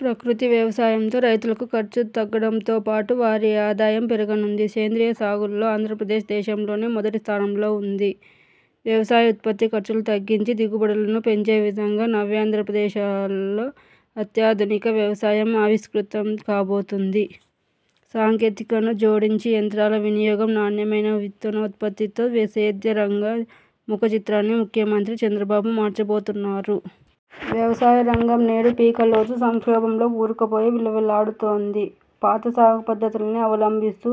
ప్రకృతి వ్యవసాయంతో రైతులకు ఖర్చు తగ్గటంతో పాటు వారి ఆదాయం పెరగనుంది. సేంద్రియ సాగులో ఆంధ్రప్రదేశ్ దేశంలోనే మొదటి స్థానంలో ఉంది. వ్యవసాయ ఉత్పత్తి ఖర్చులు తగ్గించి దిగుబడులు పెంచేవిధంగా నవ్యాంధ్రప్రదేశ్లో అత్యాధునిక వ్యవసాయం ఆవిష్కృతం కాబోతుంది. సాంకేతికతను జోడించి యంత్రాల వినియోగం, నాణ్యమైన విత్తనోత్పత్తితో సేద్య రంగ ముఖచిత్రాన్ని ముఖ్యమంత్రి చంద్రబాబు మార్చబోతున్నారు. వ్యవసాయ రంగం నేడు పీకల్లోతు సంక్షోభంలో కూరుకుపోయి విలవిల్లాడుతోంది. పాత సాగు పద్ధతులనే అవలంబిస్తూ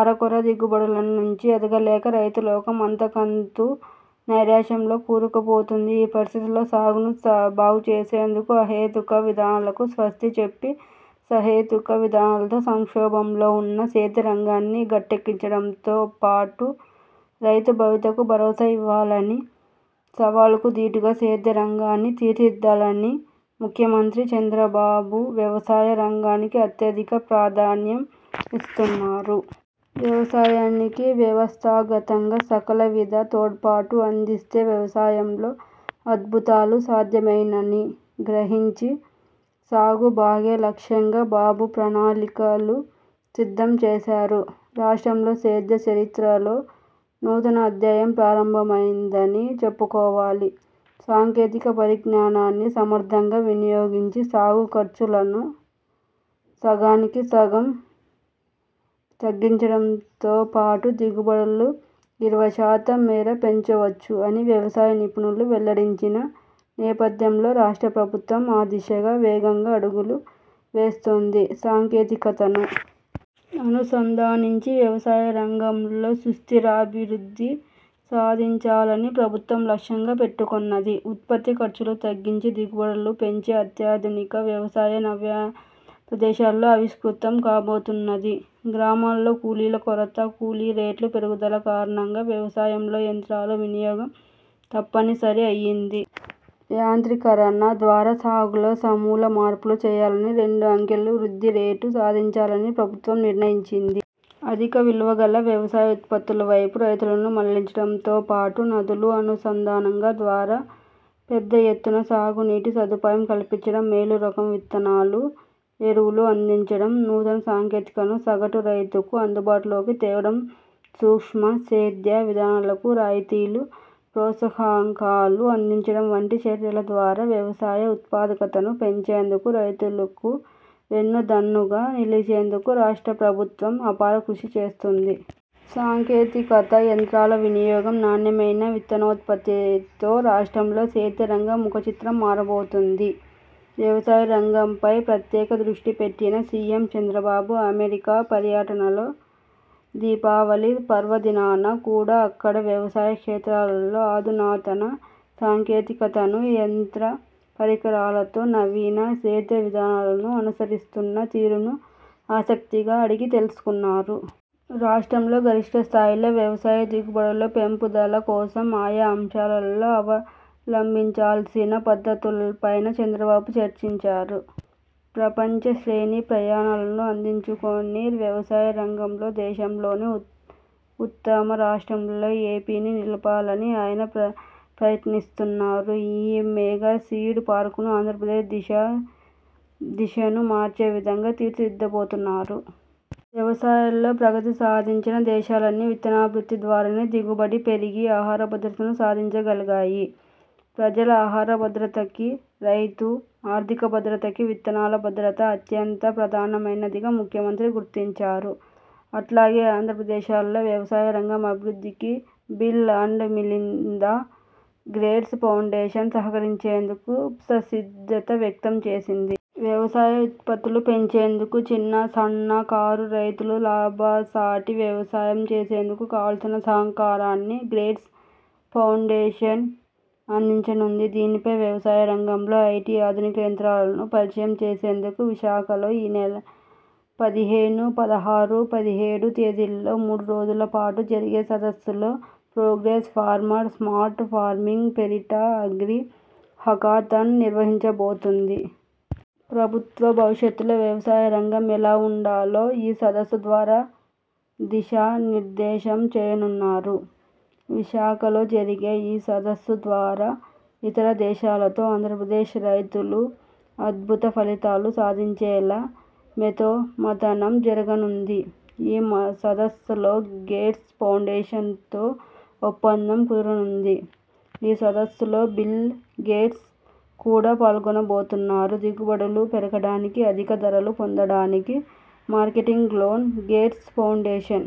అరకొర దిగుబడుల నుంచి ఎదగలేక రైతులోకం అంతకంతకూ నైరాశ్యంలో కూరుకుపోతోంది. ఈ పరిస్థితుల్లో సాగును బాగుచేసేందుకు, అహేతుక విధానాలకు స్వస్తి చెప్పి సహేతుక విధానాలతో సంక్షోభంలో ఉన్న సేద్య రంగాన్ని గట్టెంక్కించడంతో పాటు రైతు భవితకు భరోసా ఇవ్వాలని, సవాళ్ళకు ధీటుగా సేద్య రంగాన్ని తీర్చిదిద్దాలని ముఖ్యమంత్రి చంద్రబాబు వ్యవసాయ రంగానికి అత్యధిక ప్రాధాన్యం ఇస్తున్నారు. వ్యవసాయానికి వ్యవస్థాగతంగా సకల విధ తోడ్పాటు అందిస్తే వ్యవసాయంలో అద్భుతాలు సాధ్యమేనని గ్రహించి సాగు బాగే లక్ష్యంగా బాబు ప్రణాళికలు సిద్ధం చేసారు. రాష్ట్రంలో సేద్య చరిత్రలో నూతన అధ్యాయం ప్రారంభమైందని చెప్పుకోవాలి. సాంకేతిక పరిజ్ఞానాన్ని సమర్థంగా వినియోగించి సాగు ఖర్చులను సగానికి సగం తగ్గించడంతో పాటు దిగుబడులు ఇరవై శాతం మేర పెంచవచ్చు అని వ్యవసాయ నిపుణులు వెల్లడించిన నేపథ్యంలో రాష్ట్ర ప్రభుత్వం ఆ దిశగా వేగంగా అడుగులు వేస్తోంది. సాంకేతికతను అనుసంధానించి వ్యవసాయ రంగంలో సుస్థిరాభివృద్ధి సాధించాలని ప్రభుత్వం లక్ష్యంగా పెట్టుకొన్నది. ఉత్పత్తి ఖర్చులు తగ్గించి దిగుబడులు పెంచే అత్యాధునిక వ్యవసాయం నవ్యాంధ్రప్రదేశ్లో ఆవిష్కృతం కాబోతున్నది. గ్రామాల్లో కూలీల కొరత, కూలీ రేట్ల పెరుగుదల కారణంగా వ్యవసాయంలో యంత్రాల వినియోగం తప్పని సరి అయింది. యాంత్రీకరణ ద్వారా సాగులో సమూల మార్పులు చేయాలని, రెండు అంకెల వృద్ధిరేటు సాధించాలని ప్రభుత్వం నిర్ణయించింది. అధిక విలువ గల వ్యవసాయ ఉత్పత్తుల వైపు రైతులను మళ్లించడంతో పాటు, నదుల అనుసంధానం ద్వారా పెద్ద ఎత్తున సాగునీటి సదుపాయం కల్పించడం, మేలు రకం విత్తనాలు, ఎరువులు అందించడం, నూతన సాంకేతికతను సగటు రైతుకు అందుబాటులోకి తేవడం, సూక్ష్మ, సేద్య విధానాలకు రాయితీలు, ప్రోత్సాహకాలు అందించడం వంటి చర్యల ద్వారా వ్యవసాయ ఉత్పాదకతను పెంచేందుకు రైతుకు వెన్నుదన్నుగా నిలిచేందుకు రాష్ట్ర ప్రభుత్వం అపార కృషి చేస్తోంది. సాంకేతికత యంత్రాల వినియోగం నాణ్యమైన విత్తనోత్పత్తితో రాష్ట్రంలో సేద్య రంగం ముఖచిత్రం మారబోతుంది. వ్యవసాయ రంగంపై ప్రత్యేక దృష్టి పెట్టిన సీఎం చంద్రబాబు అమెరికా పర్యటనలో దీపావళి పర్వదినాన కూడా అక్కడ వ్యవసాయ క్షేత్రాలలో అధునాతన సాంకేతికతను, యంత్ర పరికరాలతో నవీన సేద్య విధానాలను అనుసరిస్తున్న తీరును ఆసక్తిగా అడిగి తెలుసుకున్నారు. రాష్ట్రంలో గరిష్ఠ స్థాయిలో వ్యవసాయ దిగుబడుల పెంపుదల కోసం ఆయా అంశాలలో అవలంబించాల్సిన పద్ధతులపైన చంద్రబాబు చర్చించారు. ప్రపంచశ్రేణి ప్రమాణాలను అందిపుచ్చుకొని వ్యవసాయ రంగంలో దేశంలోనే ఉత్తమ రాష్ట్రంగా ఏపీని నిలపాలని ఆయన ప్రయత్నిస్తున్నారు. ఈ మెగా సీడ్ పార్కును ఆంధ్రప్రదేశ్ దశా దిశను మార్చే విధంగా తీర్చిదిద్దబోతున్నారు. వ్యవసాయంలో ప్రగతి సాధించిన దేశాలన్నీ విత్తనాభివృద్ధి ద్వారానే దిగుబడి పెరిగి ఆహార భద్రతను సాధించగలిగాయి. ప్రజల ఆహార భద్రతకి, రైతు ఆర్థిక భద్రతకి విత్తన భద్రత అత్యంత ప్రధానమైనదిగా ముఖ్యమంత్రి గుర్తించారు. అట్లాగే ఆంధ్రప్రదేశ్లో వ్యవసాయ రంగం అభివృద్ధికి Bill and Melinda Gates Foundation సహకరించేందుకు సంసిద్ధత వ్యక్తం చేసింది. వ్యవసాయ ఉత్పత్తులు పెంచేందుకు చిన్న, సన్నకారు రైతులు లాభసాటి వ్యవసాయం చేసేందుకు కావల్సిన సహకారాన్ని గేట్స్ ఫౌండేషన్ అందించనుంది. దీనిపై వ్యవసాయ రంగంలో ఐటీ, ఆధునిక యంత్రాలను పరిచయం చేసేందుకు విశాఖలో ఈ నెల పది హేను, పదహారు, పది ఏడు తేదీల్లో మూడు రోజుల పాటు జరిగే సదస్సులో ప్రోగ్రెస్ ఫార్మర్ స్మార్ట్ ఫార్మింగ్ పేరిట అగ్రి హకాథన్ నిర్వహించబోతుంది. ప్రభుత్వం భవిష్యత్తులో వ్యవసాయ రంగం ఎలా ఉండాలో ఈ సదస్సు ద్వారా దిశా నిర్దేశం చేయనున్నారు. విశాఖలో జరిగే ఈ సదస్సు ద్వారా ఇతర దేశాలతో ఆంధ్రప్రదేశ్ రైతులు అద్భుత ఫలితాలు సాధించేలా మేధోమథనం జరగనుంది. ఈ సదస్సులో గేట్స్ ఫౌండేషన్తో ఒప్పందం కుదరనుంది. ఈ సదస్సులో బిల్ గేట్స్ కూడా పాల్గొనబోతున్నారు. దిగుబడులు పెరగటానికి, అధిక ధరలు పొందటానికి మార్కెటింగ్లోనూ గేట్స్ ఫౌండేషన్